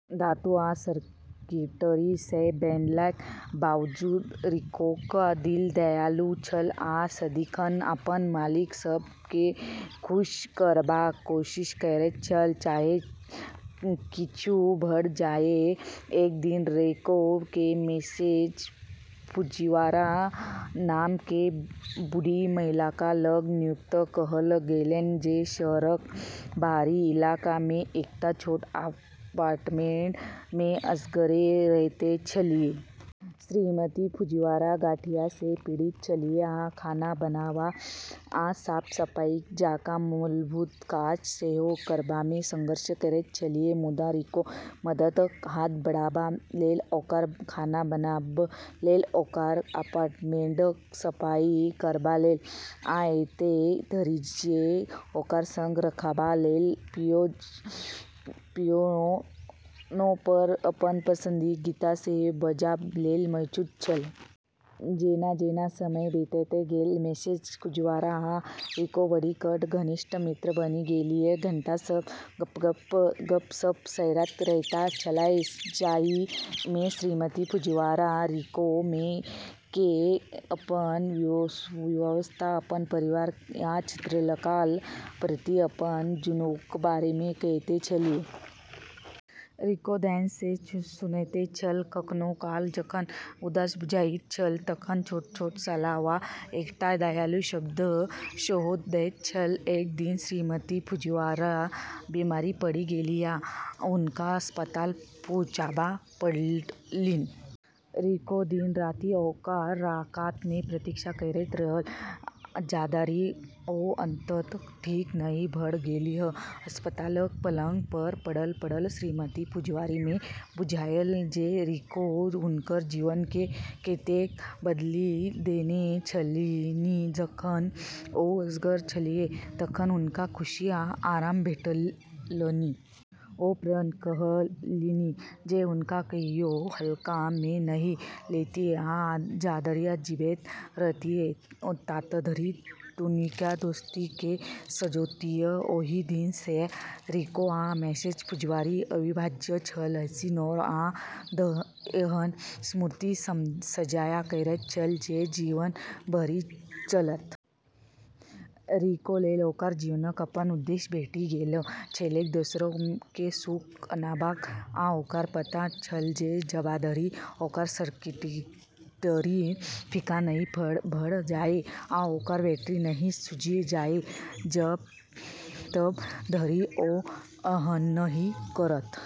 धातु आ सर्किटरी सँ बनलाक बावजूद रिकोक दिल दयालु छल आ सदिखन अपन मालिक सभ केँ खुश करबाक कोशिश करैत छल, चाहे किछु भऽ जाए। एक दिन रिको केँ मिसेज फुजीवारा नाम क बूढ़ी महिलाक लग नियुक्त कएल गेलैन, जे शहरक बाहरी इलाका मे एकटा छोट अपार्टमेंट मे असगरे रहैत छलीह। श्रीमती फुजीवारा गठिया सँ पीड़ित छलीह आ खाना बनाब आ साफ-सफाई जकाँ मूलभूत काज सेहो करबामे संघर्ष करैत छलीह। मुदा रिको मददक हात बढ़ाब लेल, ओकर खाना बनाब लेल, ओकर अपार्टमेंटक सफाई करबा लेल, आ एतय धरि जे ओकर संग राखबा लेल पियानो पर अपन पसंदीदा गीत सेहो बजाब लेल मौजूद छल। जेना-जेना समय बीतैत गेल, मिसेज फुजीवारा आ रिको बढ़ि कऽ घनिष्ठ मित्र बनि गेलीह। घंटा सभ गप्प-सप्प करैत रहैत छलाह, जाहि मे श्रीमती फुजीवारा रिको केँ अपन युवावस्था, अपन परिवार आ चित्रकलाक प्रति अपन जुनूनक बारे मे कहैत छलीह। रिको ध्यान सँ सुनैत छल, कखनो काल जखन उदास बुझाइत छल तखन छोट-छोट सलाह वा एकटा दयालु शब्द सेहो दैत छल। एक दिन श्रीमती फुजीवारा बीमार पड़ि गेलीह आ हुनका अस्पताल पहुँचाब पड़लनि। रिको दिन-राति ओकर कात मे प्रतीक्षा करैत रहल, जाधरि ओ अंततः ठीक नहि भऽ गेलीह। अस्पतालक पलंग पर पड़ल-पड़ल श्रीमती फुजीवारा केँ बुझायल जे रिको हुनकर जीवन केँ कतेक बदलि देने छलनि, जखन ओ असगर छलीह तखन हुनका खुशी आ आराम भेटलनि। ओ प्रण कएलनि जे हुनका कहियो हल्का मे नहि लेतीह आ जाधरि जीबैत रहतीह ताधरि दुनूक दोस्ती केँ संजोतीह। ओहि दिन सँ रिको आ मिसेज फुजीवारा अविभाज्य छल, हँसी, नोर, आ एहन स्मृति साझा करैत छल जे जीवन भरि चलत। रिको लेल ओकरा जीवनक अपन उद्देश्य भेटि गेल छलैक, दोसर केँ सुख आनबाक, आ ओकरा पता छल जे जबाधरि ओकर सर्किटरी फीका नहि भऽ जाए आ ओकर बैटरी नहि सूझि जाए, तब धरि ओ एहनही करत।